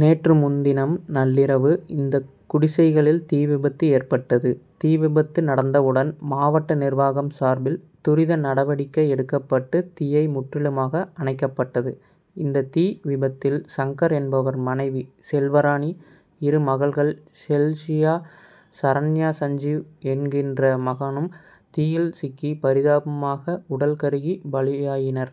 நேற்று முன்தினம் நள்ளிரவு இந்த குடிசைகளில் தீவிபத்து ஏற்பட்டது. தீவிபத்து நடந்தவுடன் மாவட்ட நிர்வாகம் சார்பில் துரித நடவடிக்கை எடுக்கப்பட்டு தீயை முற்றிலுமாக அணைக்கப்பட்டது. இந்த தீ விபத்தில் சங்கர் என்பவர் மனைவி செல்வராணி, இரு மகள்கள் செல்ஷியா, சரண்யா சஞ்ஜீவ் என்ற மகனும் தீயில் சிக்கி பரிதாபமாக உடல் கருகி பலியாயினர்.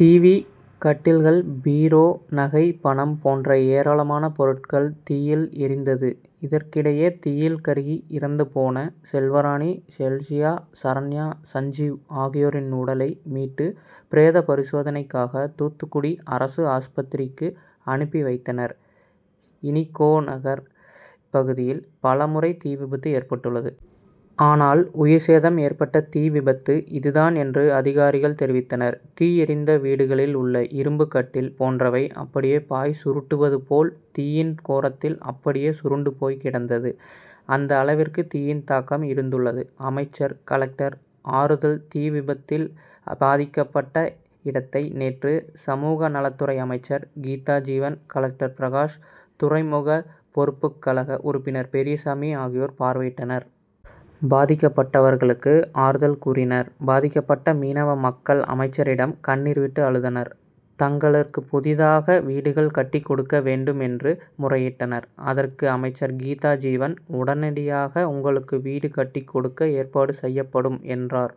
டிவி, கட்டில்கள், பீரோ, நகை, பணம் போன்ற ஏராளமான பொருட்கள் தீயில் எரிந்தது. இதற்கிடையே தீயில் கருகி இறந்துபோன செல்வராணி, செல்ஷியா, சரண்யா, சஞ்ஜீவ் ஆகியோரின் உடலை மீட்டு பிரேத பரிசோதனைக்காக தூத்துக்குடி அரசு ஆஸ்பத்திரிக்கு அனுப்பி வைத்தனர். இனிகோநகர் பகுதியில் பல முறை தீவிபத்து ஏற்பட்டுள்ளது. ஆனால் உயிர்சேதம் ஏற்பட்ட தீவிபத்து இது தான் என்று அதிகாரிகள் தெரிவித்தனர். தீ எரிந்த வீடுகளில் உள்ள இரும்பு கட்டில் போன்றவை அப்படியே பாய் சுருட்டப்படுவது போல் தீயின் கோரத்தில் அப்படியே சுருண்டு போய்கிடந்தது. அந்த அளவிற்கு தீயின் தாக்கம் இருந்துள்ளது. அமைச்சர், கலெக்டர் ஆறுதல்தீவிபத்தில் பாதிக்கப்பட்ட இடத்தை நேற்று சமூகநலத்துறை அமைச்சர் கீதாஜீவன், கலெக்டர் பிரகாஷ், துறைமுக பொறுப்புக்கழக உறுப்பினர் பெரியசாமி ஆகியோர் பார்வையிட்டனர். பாதிக்கப்பட்டவர்களுக்கு ஆறுதல் கூறினர். பாதிக்கப்பட்ட மீனவ மக்கள் அமைச்சரிடம் கண்ணீர் விட்டு அழுதனர். தங்களுக்கு புதியதாக வீடுகள் கட்டி கொடுக்க வேண்டும் என்று முறையிட்டனர். அதற்கு அமைச்சர் கீதாஜீவன் உடனடியாக உங்களுக்கு வீடு கட்டி கொடுக்க ஏற்பாடு செய்யப்படும் என்றார்.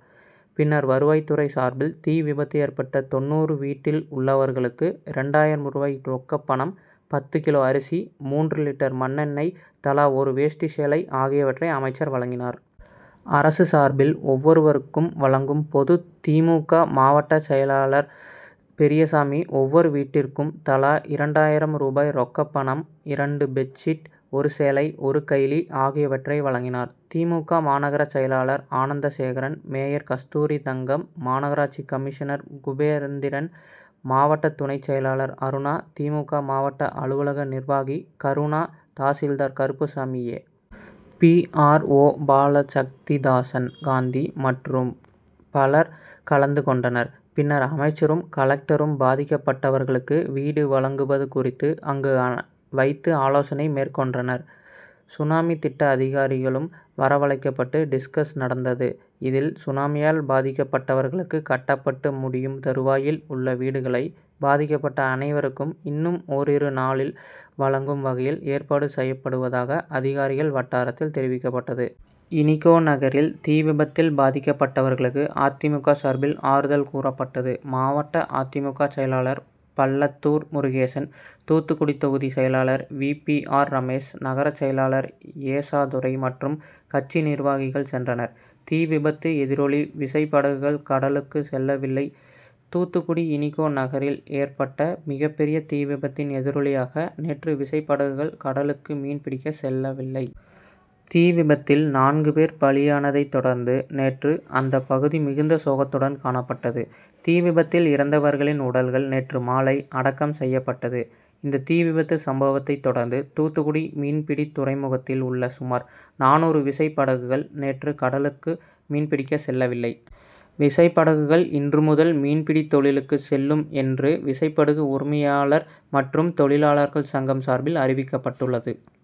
பின்னர் வருவாய்துறை சார்பில் தீ விபத்து ஏற்பட்ட தொண்ணூறு வீட்டில் உள்ளவர்களுக்கு இரண்டாயிரம் ரூபாய் ரொக்கப்பணம், பத்து கிலோ அரிசி, மூன்று லிட்டர் மண்ணெண்ணெய், தலா ஒரு வேஷ்டி, சேலை ஆகியவற்றை அமைச்சர் வழங்கினார். அரசு சார்பில் ஒவ்வொருவருக்கும் வழங்கும் பொது திமுக சார்பில் மாவட்ட திமுக செயலாளர் பெரியசாமி ஒவ்வொரு வீட்டிற்கும் தலா இரண்டாயிரம் ரூபாய் ரொக்கப்பணம், இரண்டு பெட்சீட், ஒரு சேலை, ஒரு கைலி ஆகியவற்றை வழங்கினார். திமுக மாநகர செயலாளர் ஆனந்தசேகரன், மேயர் கஸ்தூரிதங்கம், மாநகராட்சி கமிஷினர் குபே ந்திரன், மாவட்ட துணைச் செயலாளர் அருணா, திமுக மாவட்ட அலுவலக நிர்வாகி கருணா, தாசில்தார் Karuppasamy, A. P. R. O Balasakthidasan, Gandhi மற்றும் பலர் கலந்து கொண்டனர். பின்னர் அமைச்சரும், கலெக்டரும் பாதிக்கப்பட்டவர்களுக்கு வீடு வழங்குவது குறித்து அங்கு வைத்து ஆலோசனை மேற்கொண்டனர். சுனாமி திட்ட அதிகாரிகளும் வரவழைக்கப்பட்டு டிஸ்கஸ் நடந்தது. இதில் சுனாமியால் பாதிக்கப்பட்டவர்களுக்கு கட்டப்பட்டு முடியும் தருவாயில் உள்ள வீடுகளை பாதிக்கப்பட்ட அனைவருக்கும் இன்னும் ஒரிரு நாளில் வழங்கும் வகையில் ஏற்பாடு செய்யப்படுவதாக அதிகாரிகள் வட்டாரத்தில் தெரிவிக்கப்பட்டது. இனிகோநகரில் தீவிபத்தில் பாதிக்கப்பட்டவர்களுக்கு அதிமுக சார்பில் ஆறுதல் கூறப்பட்டது. மாவட்ட அதிமுக செயலாளர் பள்ளத்தூர் முருகேசன், தூத்துக்குடி தொகுதி செயலாளர் வி. பி. ஆர். ரமேஷ், நகர செயலாளர் ஏசாதுரை மற்றும் கட்சி நிர்வாகிகள் சென்றனர். தீ விபத்து எதிரொலி விசைபடகுகள் கடலுக்கு செல்லவில்லைதூத்துக்குடி இனிகோ நகரில் ஏற்பட்ட மிகப்பெரிய தீ விபத்தின் எதிரொலியாக நேற்று விசைப்படகுகள் கடலுக்கு மீன் பிடிக்க செல்லவில்லை. தீவிபத்தில் நான்கு பேர் பலியானதை தொடர்ந்து நேற்று அந்த பகுதி மிகுந்த சோகத்துடன் காணப்பட்டது. தீ விபத்தில் இறந்தவர்களின் உடல்கள் நேற்று மாலையில் அடக்கம் செய்யப்பட்டது. இந்த தீ விபத்து சம்பவத்தை தொடர்ந்து தூத்துக்குடி மீன்பிடித் துறைமுகத்தில் உள்ள சுமார் நானூறு விசை படகுகள் நேற்று கடலுக்கு மீன்பிடிக்க செல்லவில்லை. விசைபடகுகள் இன்று முதல் மீன்பிடித் தொழிலுக்கு செல்லும் என்று விசைபடகு உரிமையாளர்கள் மற்றும் தொழிலாளர்கள் சங்கம் சார்பில் அறிவிக்கப்பட்டுள்ளது.